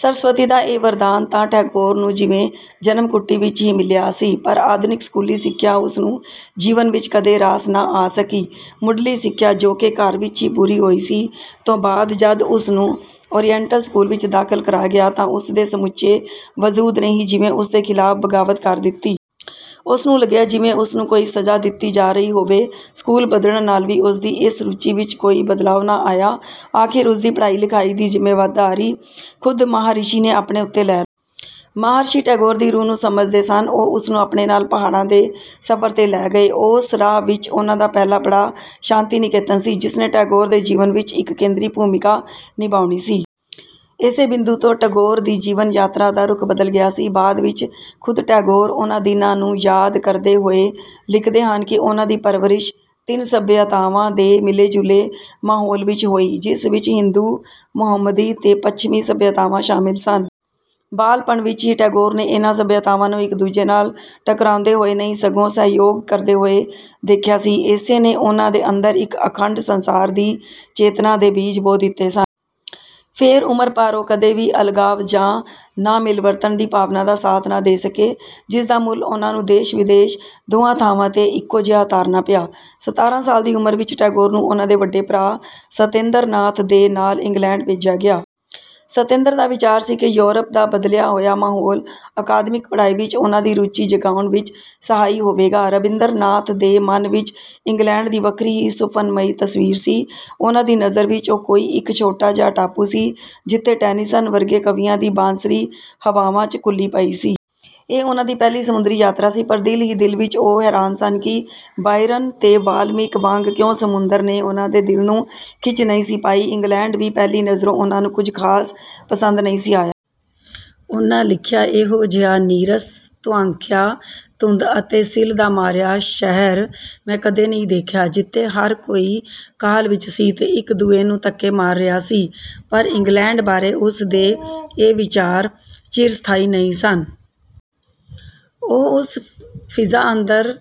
ਸਰਸਵਤੀ ਦਾ ਇਹ ਵਰਦਾਨ ਤਾਂ ਟੈਗੋਰ ਨੂੰ ਜਿਵੇਂ ਜਨਮ-ਘੁੱਟੀ ਵਿੱਚ ਹੀ ਮਿਲਿਆ ਸੀ। ਪਰ ਅਧੁਨਿਕ ਸਕੂਲੀ ਸਿਖਿਆ ਉਸਨੂੰ ਜੀਵਨ ਵਿੱਚ ਕਦੇ ਰਾਸ ਨਾ ਆ ਸਕੀ। ਮੁਢੱਲੀ ਸਿਖਿਆ, ਜੋ ਕਿ ਘਰ ਵਿੱਚ ਹੀ ਪੂਰੀ ਹੋਈ ਸੀ, ਤੋਂ ਬਾਦ ਜਦ ਉਸਨੂੰ ਓਰੀਐਂਟਲ ਸਕੂਲ ਵਿੱਚ ਦਾਖਿਲ ਕਰਾਇਆ ਗਿਆ ਤਾਂ ਉਸਦੇ ਸਮੁੱਚੇ ਵਜੂਦ ਨੇ ਹੀ ਜਿਵੇਂ ਉਸਦੇ ਖਿਲਾਫ਼ ਬਗਾਵਤ ਕਰ ਦਿੱਤੀ। ਉਸਨੂੰ ਲਗਿਆ ਜਿਵੇਂ ਉਸਨੂੰ ਕੋਈ ਸਜਾ ਦਿੱਤੀ ਜਾ ਰਹੀ ਹੋਵੇ। ਸਕੂਲ ਬਦਲਣ ਨਾਲ ਵੀ ਉਸਦੀ ਇਸ ਰੁਚੀ ਵਿੱਚ ਕੋਈ ਬਦਲਾਓ ਨਾ ਆਇਆ। ਆਖਿਰ ਉਸਦੀ ਪੜਾਈ-ਲਿਖਾਈ ਦੀ ਜ਼ਿੰਮੇਦਾਰੀ ਖੁਦ ਮਹਾਰਿਸ਼ੀ ਨੇ ਆਪਣੇ ਉੱਤੇ ਲੈ ਲਈ। ਮਹਾਰਿਸ਼ੀ ਟੈਗੋਰ ਦੀ ਰੂਹ ਨੂੰ ਸਮਝਦੇ ਸਨ, ਉਹ ਉਸਨੂੰ ਆਪਣੇ ਨਾਲ ਪਹਾੜਾਂ ਦੇ ਸਫ਼ਰ 'ਤੇ ਲੈ ਗਏ। ਉਸ ਰਾਹ ਵਿੱਚ ਉਨ੍ਹਾ ਦਾ ਪਹਿਲਾ ਪੜਾਅ ਸ਼ਾਂਤੀ-ਨਿਕੇਤਨ ਸੀ, ਜਿਸਨੇ ਟੈਗੋਰ ਦੇ ਜੀਵਨ ਵਿੱਚ ਇੱਕ ਕੇਂਦਰੀ ਭੂਮੀਕਾ ਨਿਭਾਉਣੀ ਸੀ। ਇਸੇ ਬਿੰਦੂ ਤੋਂ ਟਗੋਰ ਦੀ ਜੀਵਨ ਯਾਤਰਾ ਦਾ ਰੁਖ ਬਦਲ ਗਿਆ ਸੀ। ਬਾਦ ਵਿੱਚ ਖੁਦ ਟੈਗੋਰ ਉਨ੍ਹਾ ਦਿਨਾਂ ਨੂੰ ਯਾਦ ਕਰਦੇ ਹੋਏ ਲਿਖਦੇ ਹਨ ਕਿ ਉਨ੍ਹਾ ਦੀ ਪਰਵਰਿਸ਼ ਤਿੰਨ ਸਭਿਅਤਾਵਾਂ ਦੇ ਮਿਲੇ-ਜੁਲੇ ਮਾਹੋਲ ਵਿੱਚ ਹੋਈ, ਜਿਸ ਵਿੱਚ ਹਿੰਦੂ, ਮੁਹੰਮਦੀ ਤੇ ਪੱਛਮੀ ਸਭਿਆਤਾਵਾਂ ਸ਼ਾਮਿਲ ਸਨ। ਬਾਲਪਣ ਵਿੱਚ ਹੀ ਟੈਗੋਰ ਨੇ ਇਨ੍ਹਾ ਸਭਿਆਤਾਵਾਂ ਨੂੰ ਇੱਕ ਦੂਜੇ ਨਾਲ ਟਕਰਾਉਂਦੇ ਹੋਏ ਨਹੀਂ ਸਗੋਂ ਸਹਿਯੋਗ ਕਰਦੇ ਹੋਏ ਦੇਖਿਆ ਸੀ, ਇਸੇ ਨੇ ਉਨ੍ਹਾ ਦੇ ਅੰਦਰ ਇੱਕ ਅਖੰਡ ਸਂਸਾਰ ਦੀ ਚੇਤਨਾ ਦੇ ਬੀਜ ਬੋ ਦਿੱਤੇ ਸਨ। ਫੇਰ ਉਮਰ ਭਰ ਉਹ ਕਦੇ ਵੀ ਅਲਗਾਵ ਜਾਂ ਨਾਮਿਲਵਰਤਣ ਦੀ ਭਾਵਨਾ ਦਾ ਸਾਥ ਨਾ ਦੇ ਸਕੇ, ਜਿਸ ਦਾ ਮੁੱਲ ਉਨ੍ਹਾ ਨੂੰ ਦੇਸ-ਵਿਦੇਸ ਦੋਹਾਂ ਥਾਵਾਂ 'ਤੇ ਇੱਕੋ ਜਿਹਾ ਤਾਰਨਾ ਪਿਆ। ਸਤਾਰ੍ਹਾਂ ਸਾਲ ਦੀ ਉਮਰ ਵਿੱਚ ਟੈਗੋਰ ਨੂੰ ਉਨ੍ਹਾ ਦੇ ਵੱਡੇ ਭਰਾ ਸਤੇਂਦਰਨਾਥ ਦੇ ਨਾਲ ਇੰਗਲੈਂਡ ਭੇਜਿਆ ਗਿਆ। ਸਤੇਂਦਰ ਦਾ ਵਿਚਾਰ ਸੀ ਕਿ ਯੂਰਪ ਦਾ ਬਦਲਿਆ ਹੋਇਆ ਮਾਹੌਲ ਅਕਾਦਮਿਕ ਪੜ੍ਹਾਈ ਵਿੱਚ ਉਨ੍ਹਾ ਦੀ ਰੁਚੀ ਜਗਾਉਣ ਵਿੱਚ ਸਹਾਈ ਹੋਵੇਗਾ। ਰਬਿੰਦਰਨਾਥ ਦੇ ਮਨ ਵਿੱਚ ਇੰਗਲੈਂਡ ਦੀ ਵੱਖਰੀ ਹੀ ਸੁਫ਼ਨਮਈ ਤਸਵੀਰ ਸੀ। ਉਨ੍ਹਾ ਦੀ ਨਜ਼ਰ ਵਿੱਚ ਉਹ ਕੋਈ ਇੱਕ ਛੋਟਾ ਜਿਹਾ ਟਾਪੂ ਸੀ, ਜਿੱਥੇ ਟੈਨੀਸਨ ਵਰਗੇ ਕਵੀਆਂ ਦੀ ਬਾਂਸਰੀ ਹਵਾਵਾਂ 'ਚ ਘੁਲੀ ਪਈ ਸੀ। ਇਹ ਉਨ੍ਹਾ ਦੀ ਪਹਿਲੀ ਸਮੁੰਦਰੀ ਯਾਤਰਾ ਸੀ। ਪਰ ਦਿਲ ਹੀ ਦਿਲ ਵਿੱਚ ਉਹ ਹੈਰਾਨ ਸਨ ਕਿ ਬਾਇਰਨ ਤੇ ਵਾਲਮੀਕ ਵਾਂਗ ਕਿਉਂ ਸਮੁੰਦਰ ਨੇ ਉਨ੍ਹਾ ਦੇ ਦਿਲ ਨੂੰ ਖਿੱਚ ਨਹੀਂ ਸੀ ਪਾਈ। ਇੰਗਲੈਂਡ ਵੀ ਪਹਿਲੀ ਨਜ਼ਰੇ ਉਨ੍ਹਾ ਨੂੰ ਕੁਝ ਖਾਸ ਪਸੰਦ ਨਹੀਂ ਸੀ ਆਇਆ। ਉਨ੍ਹਾ ਲਿਖਿਆ, " ਇਹੋ ਜਿਹਾ ਨੀਰਸ, ਧੁੰਆਂਖਿਆ, ਧੁੰਦ ਅਤੇ ਸਿੱਲ ਦਾ ਮਾਰਿਆ ਸ਼ਹਿਰ ਮੈਂ ਕਦੇ ਨਹੀਂ ਦੇਖਿਆ, ਜਿੱਥੇ ਹਰ ਕੋਈ ਕਾਹਲ ਵਿੱਚ ਸੀ ਤੇ ਇੱਕ-ਦੂਏ ਨੂੰ ਧਕੇ ਮਾਰ ਰਿਹਾ ਸੀ। " ਪਰ ਇੰਗਲੈਂਡ ਬਾਰੇ ਉਸਦੇ ਇਹ ਵਿਚਾਰ ਚਿਰ-ਸਥਾਈ ਨਹੀਂ ਸਨ। ਉਹ ਉਸ ਫ਼ਿਜ਼ਾ ਅੰਦਰ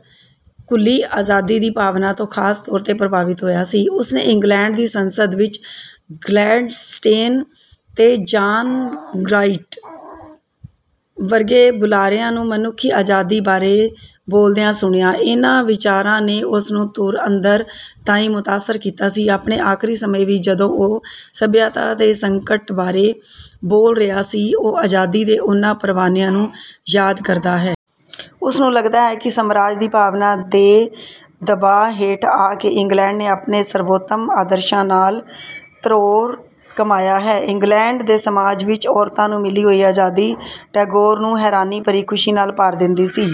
ਘੁਲੀ ਆਜ਼ਾਦੀ ਦੀ ਭਾਵਨਾ ਤੋਂ ਖਾਸ ਤੌਰ 'ਤੇ ਪ੍ਰਭਾਵਿਤ ਹੋਇਆ ਸੀ। ਉਸਨੇ ਇੰਗਲੈਂਡ ਦੀ ਸੰਸਦ ਵਿੱਚ ਗਲੈਡਸਟੇਨ ਤੇ ਜਾਨ ਬ੍ਰਾਈਟ ਵਰਗੇ ਬੁਲਾਰਿਆਂ ਨੂੰ ਮਨੁਖੀ ਆਜ਼ਾਦੀ ਬਾਰੇ ਬੋਲਦਿਆਂ ਸੁਣਿਆ। ਇਨ੍ਹਾ ਵਿਚਾਰਾਂ ਨੇ ਉਸਨੂੰ ਧੁਰ ਅੰਦਰ ਤਾਈਂ ਮੁਤਾਸਰ ਕੀਤਾ ਸੀ, ਆਪਣੇ ਆਖਰੀ ਸਮੇਂ ਵੀ, ਜਦੋਂ ਉਹ "ਸਭਿਅਤਾ ਦੇ ਸੰਕਟ" ਬਾਰੇ ਬੋਲ ਰਿਹਾ ਸੀ, ਉਹ ਆਜ਼ਾਦੀ ਦੇ ਉਨ੍ਹਾ ਪਰਵਾਨਿਆਂ ਨੂੰ ਯਾਦ ਕਰਦਾ ਹੈ। ਉਸਨੂੰ ਲਗਦਾ ਹੈ ਕਿ ਸਮਰਾਜ ਦੀ ਭਾਵਨਾ ਦੇ ਦਬਾ ਹੇਠ ਆ ਕੇ ਇੰਗਲੈਂਡ ਨੇ ਆਪਣੇ ਸਰਵੋਤਮ ਆਦਰਸ਼ਾਂ ਨਾਲ ਧਰੋਹ ਕਮਾਇਆ ਹੈ। ਇੰਗਲੈਂਡ ਦੇ ਸਮਾਜ ਵਿੱਚ ਔਰਤਾਂ ਨੂੰ ਮਿਲੀ ਹੋਈ ਆਜ਼ਾਦੀ ਟੈਗੋਰ ਨੂੰ ਹੈਰਾਨੀ ਭਰੀ ਖੁਸ਼ੀ ਨਾਲ ਭਰ ਦਿੰਦੀ ਸੀ।